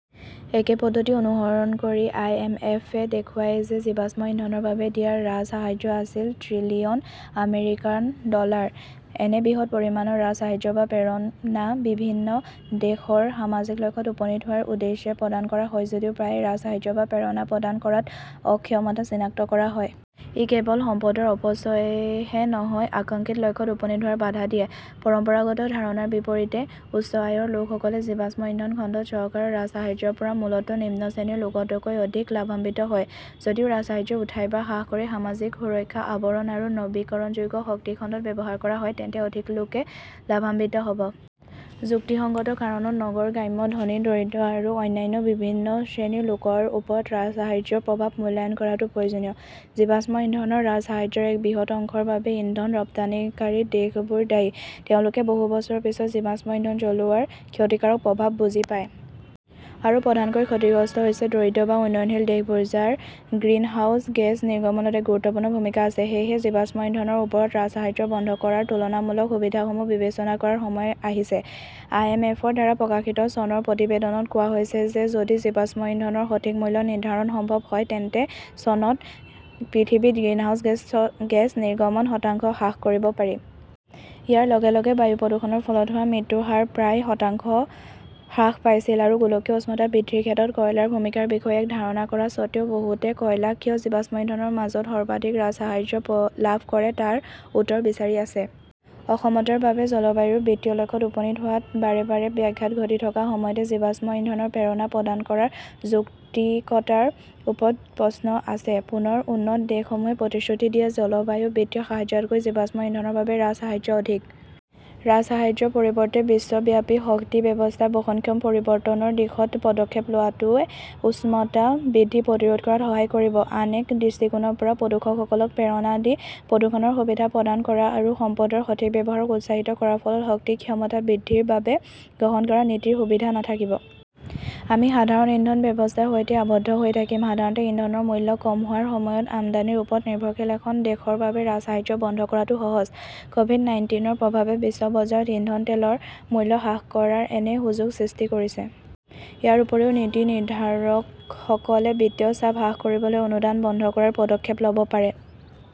একে পদ্ধতি অনুসৰণ কৰি আইএমএফ য়ে দেখুৱাই যে জীৱাশ্ম ইন্ধনৰ বাবে দিয়া ৰাজসাহায্য আছিল ট্ৰিলিয়ন আমেৰিকান ডলাৰ। এনে বৃহৎ পৰিমাণৰ ৰাজসাহায্য বা প্ৰেৰণা বিভিন্ন দেশৰ সামাজিক লক্ষ্যত উপনীত হোৱাৰ উদ্দেশ্যে প্ৰদান কৰা হয় যদিও প্ৰায়ে ৰাজসাহায্য বা প্ৰেৰণা প্ৰদান কৰাত অক্ষমতা চিনাক্ত কৰা হয়। ই কেৱল সম্পদৰ অপচয়হে নহয়, আকাংক্ষিত লক্ষ্যত উপনীত হোৱাত বাধা দিয়ে। পৰম্পৰাগত ধাৰণাৰ বিপৰীতে, উচ্চ আয়ৰ লোকসকলে জীৱাশ্ম ইন্ধন খণ্ডত চৰকাৰৰ ৰাজসাহায্যৰ পৰা মূলতঃ নিম্ন শ্ৰেণীৰ লোকতকৈ অধিক লাভান্বিত হয়। যদি ৰাজসাহায্য উঠাই বা হ্ৰাস কৰি সামাজিক সুৰক্ষা আৱৰণ আৰু নৱীকৰণযোগ্য শক্তি খণ্ডত ব্যৱহাৰ কৰা হয় তেন্তে অধিক লোকে লাভান্বিত হ 'ব। যুক্তিসঙ্গত কাৰণত, নগৰ-গ্ৰাম্য, ধনী-দৰিদ্ৰ আৰু অন্যান্য বিভিন্ন শ্ৰেণীৰ লোকৰ ওপৰত ৰাজসাহায্যৰ প্ৰভাৱ মূল্যায়ন কৰাটো প্ৰয়োজনীয়। জীৱাশ্ম ইন্ধনৰ ৰাজসাহায্যৰ এক বৃহৎ অংশৰ বাবে ইন্ধন ৰপ্তানিকাৰী দেশবোৰ দায়ী। তেওঁলোকে বহু বছৰৰ পিছত জীৱাশ্ম ইন্ধন জ্বলোৱাৰ ক্ষতিকাৰক প্ৰভাৱ বুজি পায়। আৰু প্ৰধানকৈ ক্ষতিগ্ৰস্ত হৈছে দৰিদ্ৰ বা উন্নয়নশীল দেশবোৰ, যাৰ গ্ৰিনহাউজ গেছ নিৰ্গমনত এক গুৰুত্বপূৰ্ণ ভূমিকা আছে। সেয়েহে, জীৱাশ্ম ইন্ধনৰ ওপৰত ৰাজসাহায্য বন্ধ কৰাৰ তুলনামূলক সুবিধাসমূহ বিবেচনা কৰাৰ সময় আহিছে। আইএমএফৰ দ্বাৰা প্ৰকাশিত চনৰ প্ৰতিবেদনত কোৱা হৈছে যে যদি জীৱাশ্ম ইন্ধনৰ সঠিক মূল্য নিৰ্ধাৰণ সম্ভৱ হয় তেন্তে চনত পৃথিৱীত গ্ৰীণহাউছ গেছ নিৰ্গমন শতাংশ হ্ৰাস কৰিব পাৰি। ইয়াৰ লগে লগে বায়ু প্ৰদূষণৰ ফলত হোৱা মৃত্যুৰ হাৰ প্ৰায় শতাংশ হ্ৰাস পাইছিল। আৰু গোলকীয় উষ্ণতা বৃদ্ধিৰ ক্ষেত্ৰত কয়লাৰ ভূমিকাৰ বিষয়ে এক ধাৰণা থকা স্বত্বেও, বহুতে কয়লা কিয় জীৱাশ্ম ইন্ধনৰ মাজত সৰ্বাধিক ৰাজসাহায্য লাভ কৰে তাৰ উত্তৰ বিচাৰি আছে। অসমতাৰ বাবে জলবায়ু বিত্তীয় লক্ষ্যত উপনীত হোৱাত বাৰে বাৰে ব্যাঘাত ঘটি থকাৰ সময়তে, জীৱাশ্ম ইন্ধনৰ প্ৰেৰণা প্ৰদান কৰাৰ যৌক্তিকতাৰ ওপৰত প্ৰশ্ন আছে। পুনৰ উন্নত দেশসমূহে প্ৰতিশ্ৰুতি দিয়া জলবায়ু বিত্তীয় সাহায্যতকৈ জীৱাশ্ম ইন্ধনৰ বাবে ৰাজসাহায্য অধিক। ৰাজসাহায্যৰ পৰিৱৰ্তে বিশ্বব্যাপী শক্তি ব্যৱস্থাৰ বহনক্ষম পৰিৱৰ্তনৰ দিশত পদক্ষেপ লোৱাটোৱে উষ্ণতা বৃদ্ধি প্ৰতিৰোধ কৰাত সহায় কৰিব। আন এক দৃষ্টিকোণৰ পৰা, প্ৰদূষকসকলক প্ৰেৰণা দি প্ৰদূষণৰ সুবিধা প্ৰদান কৰা আৰু সম্পদৰ সঠিক ব্যৱহাৰক উৎসাহিত কৰাৰ ফলত শক্তি দক্ষতা বৃদ্ধিৰ বাবে গ্ৰহণ কৰা নীতিৰ সুবিধা নাথাকিব। আমি সাধাৰণ ইন্ধন ব্যৱস্থাৰ সৈতে আবদ্ধ হৈ থাকিম। সাধাৰণতে ইন্ধনৰ মূল্য কম হোৱাৰ সময়ত আমদানিৰ ওপৰত নিৰ্ভৰশীল এখন দেশৰ বাবে ৰাজসাহায্য বন্ধ কৰাটো সহজ। ক'ভিড- নাইনটিনৰ প্ৰভাৱে বিশ্ব বজাৰত ইন্ধন তেলৰ মূল্য হ্ৰাস কৰাৰ এনে সুযোগ সৃষ্টি কৰিছে। ইয়াৰ উপৰিও নীতি নিৰ্ধাৰকসকলে বিত্তীয় চাপ হ্ৰাস কৰিবলৈ অনুদান বন্ধ কৰাৰ পদক্ষেপ ল'ব পাৰে।